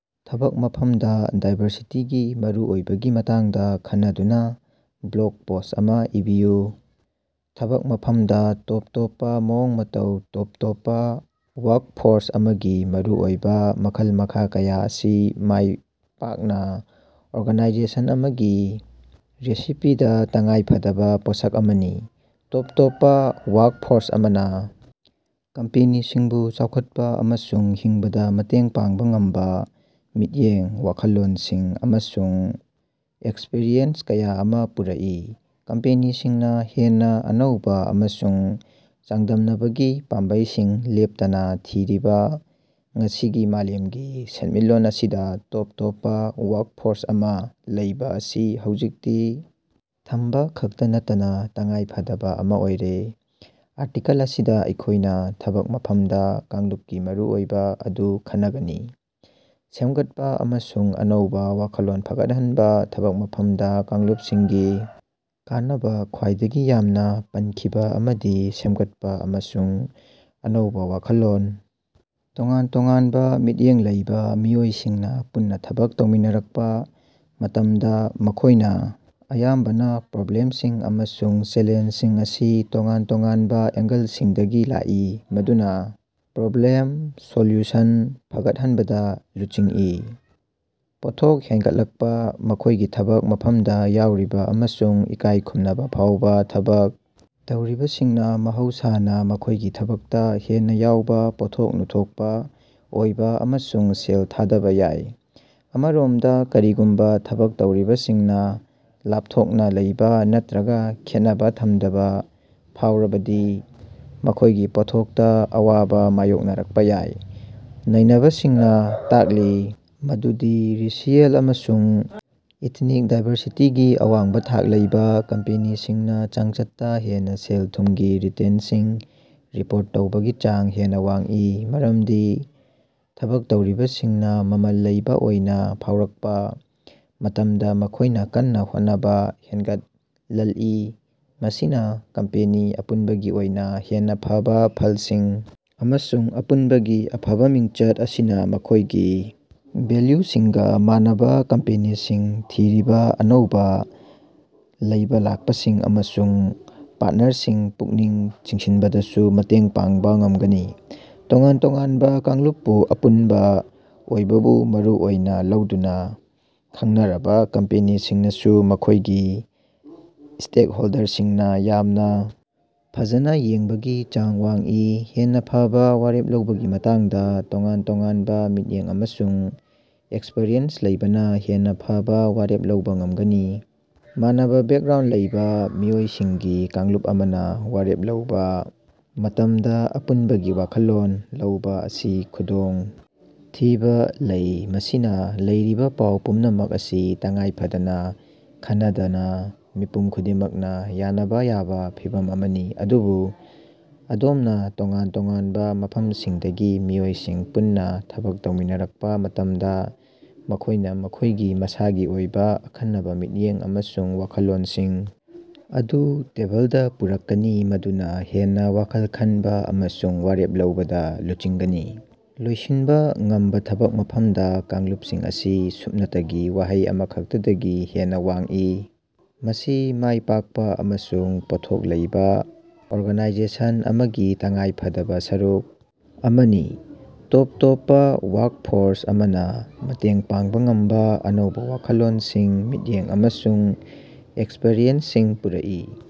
ꯊꯕꯛ ꯃꯐꯝꯗ ꯗꯥꯏꯕꯔꯁꯤꯇꯤꯒꯤ ꯃꯔꯨꯑꯣꯏꯕꯒꯤ ꯃꯇꯥꯡꯗꯥ ꯈꯟꯅꯗꯨꯅꯥ ꯕ꯭ꯂꯣꯒ ꯄꯣꯁ꯭ꯠ ꯑꯃꯥ ꯏꯕꯤꯌꯨ꯫ ꯊꯕꯛ ꯃꯐꯝꯗ ꯇꯣꯞ ꯇꯣꯞꯄ ꯃꯑꯣꯡ-ꯃꯇꯧ ꯇꯣꯞ-ꯇꯣꯞꯄ ꯋꯥꯔꯀꯐꯣꯔꯁ ꯑꯃꯒꯤ ꯃꯔꯨꯑꯣꯏꯕꯥ ꯃꯈꯜ-ꯃꯈꯥ ꯀꯌꯥ ꯑꯁꯤ ꯃꯥꯢꯄꯥꯛꯅ ꯑꯣꯔꯒꯥꯅꯥꯏꯖꯦꯁꯟ ꯑꯃꯒꯤ ꯔꯦꯁꯤꯄꯤꯗꯥ ꯇꯉꯥꯏꯐꯗꯕꯥ ꯄꯣꯠꯁꯛ ꯑꯃꯅꯤ꯫ ꯇꯣꯞ ꯇꯣꯞꯄꯥ ꯋꯥꯔꯀꯐꯣꯔꯁ ꯑꯃꯅꯥ ꯀꯝꯄꯦꯅꯤꯁꯤꯡꯕꯨ ꯆꯥꯎꯈꯠꯄꯥ ꯑꯃꯁꯨꯡ ꯍꯤꯡꯕꯗ ꯃꯇꯦꯡ ꯄꯥꯡꯕ ꯉꯝꯕꯥ ꯃꯤꯠꯌꯦꯡ ꯋꯥꯈꯜꯂꯣꯟꯁꯤꯡ ꯑꯃꯁꯨꯡ ꯑꯦꯛꯁꯄꯔꯤꯌꯦꯟꯁ ꯀꯌꯥ ꯑꯃ ꯄꯨꯔꯛꯏ꯫ ꯀꯝꯄꯦꯅꯤꯁꯤꯡꯅ ꯍꯦꯟꯅ ꯑꯅꯧꯕ ꯑꯃꯁꯨꯡ ꯆꯥꯡꯗꯝꯅꯕꯒꯤ ꯄꯥꯝꯕꯩꯁꯤꯡ ꯂꯦꯞꯇꯅ ꯊꯤꯔꯤꯕ ꯉꯁꯤꯒꯤ ꯃꯥꯂꯦꯝꯒꯤ ꯁꯦꯟꯃꯤꯠꯂꯣꯟ ꯑꯁꯤꯗ ꯇꯣꯞ ꯇꯣꯞꯄ ꯋꯥꯔ꯭ꯀꯐꯣꯔ꯭ꯁ ꯑꯃ ꯂꯩꯕꯥ ꯑꯁꯤ ꯍꯧꯖꯤꯛꯇꯤ ꯊꯝꯕ ꯈꯛꯇ ꯅꯠꯇꯅ ꯇꯉꯥꯏ ꯐꯗꯕ ꯑꯃ ꯑꯣꯏꯔꯦ꯫ ꯑꯥꯔꯇꯤꯀꯜ ꯑꯁꯤꯗ ꯑꯩꯈꯣꯢꯅ ꯊꯕꯛ ꯃꯐꯝꯗ ꯀꯥꯡꯂꯨꯞꯀꯤ ꯃꯔꯨꯑꯣꯏꯕ ꯑꯗꯨ ꯈꯟꯅꯒꯅꯤ꯫ ꯁꯦꯝꯒꯠꯄ ꯑꯃꯁꯨꯡ ꯑꯅꯧꯕ ꯌꯥꯈꯜꯂꯣꯟ ꯐꯒꯠꯍꯟꯕ ꯊꯕꯛ ꯃꯐꯝꯗ ꯀꯥꯡꯂꯨꯞꯁꯤꯡꯒꯤ ꯀꯥꯟꯅꯕ ꯈ꯭ꯋꯥꯏꯗꯒꯤ ꯌꯥꯝꯅ ꯄꯟꯈꯤꯕ ꯑꯃꯗꯤ ꯁꯦꯝꯒꯠꯄ ꯑꯃꯁꯨꯡ ꯑꯅꯧꯕ ꯋꯥꯈꯜꯂꯣꯟ ꯇꯣꯉꯥꯟ-ꯇꯣꯉꯥꯟꯕ ꯃꯤꯠꯌꯦꯡ ꯂꯩꯕ ꯃꯤꯑꯣꯏꯁꯤꯡꯅ ꯄꯨꯟꯅ ꯊꯕꯛ ꯇꯧꯃꯤꯟꯅꯔꯛꯄ ꯃꯇꯝꯗ ꯃꯈꯣꯢꯅ ꯑꯌꯥꯝꯕꯅ ꯄ꯭ꯔꯣꯕ꯭ꯂꯦꯝꯁꯤꯡ ꯑꯃꯁꯨꯡ ꯆꯦꯂꯦꯟꯖꯁꯤꯡ ꯑꯁꯤ ꯇꯣꯉꯥꯟ-ꯇꯣꯉꯥꯟꯕ ꯑꯦꯡꯒꯜꯁꯤꯡꯗꯒꯤ ꯂꯥꯛꯏ ꯃꯗꯨꯅ ꯄ꯭ꯔꯣꯕ꯭ꯂꯦꯝ ꯁꯣꯜꯌꯨꯁꯟ ꯐꯒꯠꯍꯟꯕꯗ ꯂꯨꯆꯤꯡꯏ꯫ ꯄꯣꯠꯊꯣꯛ ꯍꯦꯟꯒꯠꯂꯛꯄ ꯃꯈꯣꯢꯒꯤ ꯊꯕꯛ ꯃꯐꯝꯗ ꯌꯥꯎꯔꯤꯕ ꯑꯃꯁꯨꯡ ꯏꯀꯥꯏ ꯈꯨꯝꯅꯕ ꯐꯥꯎꯕ ꯊꯕꯛ ꯇꯧꯔꯤꯕꯁꯤꯡꯅ ꯃꯍꯧꯁꯥꯅ ꯃꯈꯣꯢꯒꯤ ꯊꯕꯛꯇ ꯍꯦꯟꯅ ꯌꯥꯎꯕ ꯄꯣꯠꯊꯣꯛ ꯅꯨꯊꯣꯛꯄ ꯑꯣꯏꯕ ꯑꯃꯁꯨꯡ ꯁꯦꯜ ꯊꯥꯗꯕ ꯌꯥꯏ꯫ ꯑꯃꯔꯣꯝꯗ ꯀꯔꯤꯒꯨꯝꯕ ꯊꯕꯛ ꯇꯧꯔꯤꯕꯁꯤꯡꯅ ꯂꯥꯞꯊꯣꯛꯅ ꯂꯩꯕ ꯅꯠꯇ꯭ꯔꯒ ꯈꯦꯠꯅꯕ ꯊꯝꯗꯕ ꯐꯥꯎꯔꯕꯗꯤ ꯃꯈꯣꯢꯒꯤ ꯄꯣꯠꯊꯣꯛꯇ ꯑꯋꯥꯕꯥ ꯃꯥꯌꯣꯛꯅꯔꯛꯄ ꯌꯥꯏ꯫ ꯅꯩꯅꯕꯁꯤꯡꯅ ꯇꯥꯛꯂꯤ ꯃꯗꯨꯗꯤ ꯔꯦꯁꯤꯑꯦꯜ ꯑꯃꯁꯨꯡ ꯏꯊꯅꯤꯛ ꯗꯥꯏꯕꯔꯁꯤꯇꯤꯒꯤ ꯑꯋꯥꯡꯕꯥ ꯊꯥꯛ ꯂꯩꯕꯥ ꯀꯝꯄꯦꯅꯤꯁꯤꯡꯅꯥ ꯆꯥꯡꯆꯠꯇꯥ ꯍꯦꯟꯅꯥ ꯁꯦꯜ-ꯊꯨꯝꯒꯤ ꯔꯤꯇꯦꯟꯇꯁꯤꯡ ꯔꯤꯄꯣꯔꯠ ꯇꯧꯕꯒꯤ ꯆꯥꯡ ꯍꯦꯟꯅ ꯋꯥꯡꯏ꯫ ꯃꯔꯝꯗꯤ ꯊꯕꯛꯇꯧꯔꯤꯕꯁꯤꯡꯅ ꯃꯃꯜ ꯂꯩꯕ ꯑꯣꯏꯅ ꯐꯥꯎꯔꯛꯄ ꯃꯇꯝꯗ ꯃꯈꯣꯢꯅ ꯀꯟꯅ ꯍꯣꯠꯅꯕ ꯍꯦꯟꯒꯠꯂꯜꯏ ꯃꯁꯤꯅ ꯀꯝꯄꯦꯅꯤ ꯑꯄꯨꯟꯕꯒꯤ ꯑꯣꯏꯅ ꯍꯦꯟꯅ ꯐꯕ ꯐꯜꯁꯤꯡ ꯑꯃꯁꯨꯡ ꯑꯄꯨꯟꯕꯒꯤ ꯑꯐꯕ ꯃꯤꯡꯆꯠ ꯑꯁꯤꯅ ꯃꯈꯣꯢꯒꯤ ꯚꯦꯜꯌꯨꯁꯤꯡꯒ ꯃꯥꯟꯅꯕ ꯀꯝꯄꯦꯅꯤꯁꯤꯡ ꯊꯤꯔꯤꯕꯥ ꯑꯅꯧꯕꯥ ꯂꯩꯕꯂꯥꯛꯄꯁꯤꯡ ꯑꯃꯁꯨꯡ ꯄꯥꯔꯇꯅꯔꯁꯤꯡ ꯄꯨꯛꯅꯤꯡ ꯆꯤꯡꯁꯤꯟꯕꯗꯁꯨ ꯃꯇꯦꯡ ꯄꯥꯡꯕ ꯉꯝꯒꯅꯤ꯫ ꯇꯣꯉꯥꯟ ꯇꯣꯉꯥꯟꯕ ꯀꯥꯡꯂꯨꯞ ꯄꯨ ꯑꯄꯨꯟꯕ ꯑꯣꯏꯕꯕꯨ ꯃꯔꯨ ꯑꯣꯏꯅꯥ ꯂꯧꯗꯨꯅꯥ ꯈꯪꯅꯔꯕ ꯀꯝꯄꯦꯅꯤꯁꯤꯡꯅꯁꯨ ꯃꯈꯣꯢꯒꯤ ꯁ꯭ꯇꯦꯛꯍꯣꯜꯗꯔꯁꯤꯡꯅ ꯌꯥꯝꯅ ꯐꯖꯅ ꯌꯦꯡꯕꯒꯤ ꯆꯥꯡ ꯋꯥꯡꯏ꯫ ꯍꯦꯟꯅ ꯐꯕ ꯋꯥꯔꯦꯞ ꯂꯧꯕꯒꯤ ꯃꯇꯥꯡꯗ ꯇꯣꯉꯥꯟ-ꯇꯣꯉꯥꯟꯕ ꯃꯤꯠꯌꯦꯡ ꯑꯃꯁꯨꯡ ꯑꯦꯛꯁꯄꯔꯤꯌꯦꯟꯁ ꯂꯩꯕꯅ ꯍꯦꯟꯅ ꯐꯕ ꯋꯥꯔꯦꯞ ꯂꯧꯕꯥ ꯉꯝꯒꯅꯤ꯫ ꯃꯥꯟꯅꯕ ꯕꯦꯀꯒ꯭ꯔꯥꯎꯟꯗ ꯂꯩꯕ ꯃꯤꯑꯣꯏꯁꯤꯡꯒꯤ ꯀꯥꯡꯂꯨꯞ ꯑꯃꯅ ꯋꯥꯔꯦꯞ ꯂꯧꯕꯥ ꯃꯇꯝꯗ ꯑꯄꯨꯟꯕꯒꯤ ꯋꯥꯈꯜꯂꯣꯟ ꯂꯧꯕ ꯑꯁꯤ ꯈꯨꯗꯣꯡ ꯊꯤꯕ ꯂꯩ ꯃꯁꯤꯅ ꯂꯩꯔꯤꯕ ꯄꯥꯎ ꯄꯨꯝꯅꯃꯛ ꯑꯁꯤ ꯇꯉꯥꯏꯐꯗꯅ ꯈꯟꯅꯗꯅ ꯃꯤꯄꯨꯝ ꯈꯨꯗꯤꯡꯃꯛꯅ ꯌꯥꯅꯕ ꯌꯥꯕ ꯐꯤꯚꯝ ꯑꯃꯅꯤ꯫ ꯑꯗꯨꯕꯨ ꯑꯗꯣꯝꯅ ꯇꯣꯉꯥꯟ ꯇꯣꯉꯥꯟꯕ ꯃꯐꯝꯁꯤꯡꯗꯒꯤ ꯃꯤꯑꯣꯏꯁꯤꯡ ꯄꯨꯟꯅꯥ ꯊꯕꯛ ꯇꯧꯃꯤꯟꯅꯔꯛꯄ ꯃꯇꯝꯗ ꯃꯈꯣꯢꯅ ꯃꯈꯣꯢꯒꯤ ꯃꯁꯥꯒꯤ ꯑꯣꯏꯕ ꯑꯈꯟꯅꯕ ꯃꯤꯠꯌꯦꯡ ꯑꯃꯁꯨꯡ ꯋꯥꯈꯜꯂꯣꯟꯁꯤꯡ ꯑꯗꯨ ꯇꯦꯕꯜꯗ ꯄꯨꯔꯛꯀꯅꯤ ꯃꯗꯨꯅ ꯍꯦꯟꯅ ꯋꯥꯈꯜ ꯈꯟꯕ ꯑꯃꯁꯨꯡ ꯋꯥꯔꯦꯞ ꯂꯧꯕꯗ ꯂꯨꯆꯤꯡꯒꯅꯤ꯫ ꯂꯣꯏꯁꯤꯟꯕ ꯉꯝꯕ ꯊꯕꯛ ꯃꯐꯝꯗ ꯀꯥꯡꯂꯨꯞꯁꯤꯡ ꯑꯁꯤ ꯁꯨꯞꯅꯇꯒꯤ ꯋꯥꯍꯩ ꯑꯃꯈꯛꯇꯗꯒꯤ ꯍꯦꯟꯅ ꯋꯥꯡꯏ꯫ ꯃꯁꯤ ꯃꯥꯢ ꯄꯥꯛꯄ ꯑꯃꯁꯨꯡ ꯄꯣꯠꯊꯣꯛ ꯂꯩꯕꯥ ꯑꯣꯔꯒꯅꯥꯏꯖꯦꯁꯟ ꯑꯃꯒꯤ ꯇꯉꯥꯏ ꯐꯗꯕ ꯁꯔꯨꯛ ꯑꯃꯅꯤ꯫ ꯇꯣꯞ ꯇꯣꯞꯄ ꯋꯥꯔ꯭ꯀꯐꯣꯔ꯭ꯁ ꯑꯃꯅ ꯃꯇꯦꯡ ꯄꯥꯡꯕ ꯉꯝꯕ ꯑꯅꯧꯕ ꯋꯥꯈꯜꯂꯣꯟꯁꯤꯡ ꯃꯤꯠꯌꯦꯡ ꯑꯃꯁꯨꯡ ꯑꯦꯛꯁꯄꯔꯤꯌꯦꯟꯁꯁꯤꯡ ꯄꯨꯔꯛꯏ꯫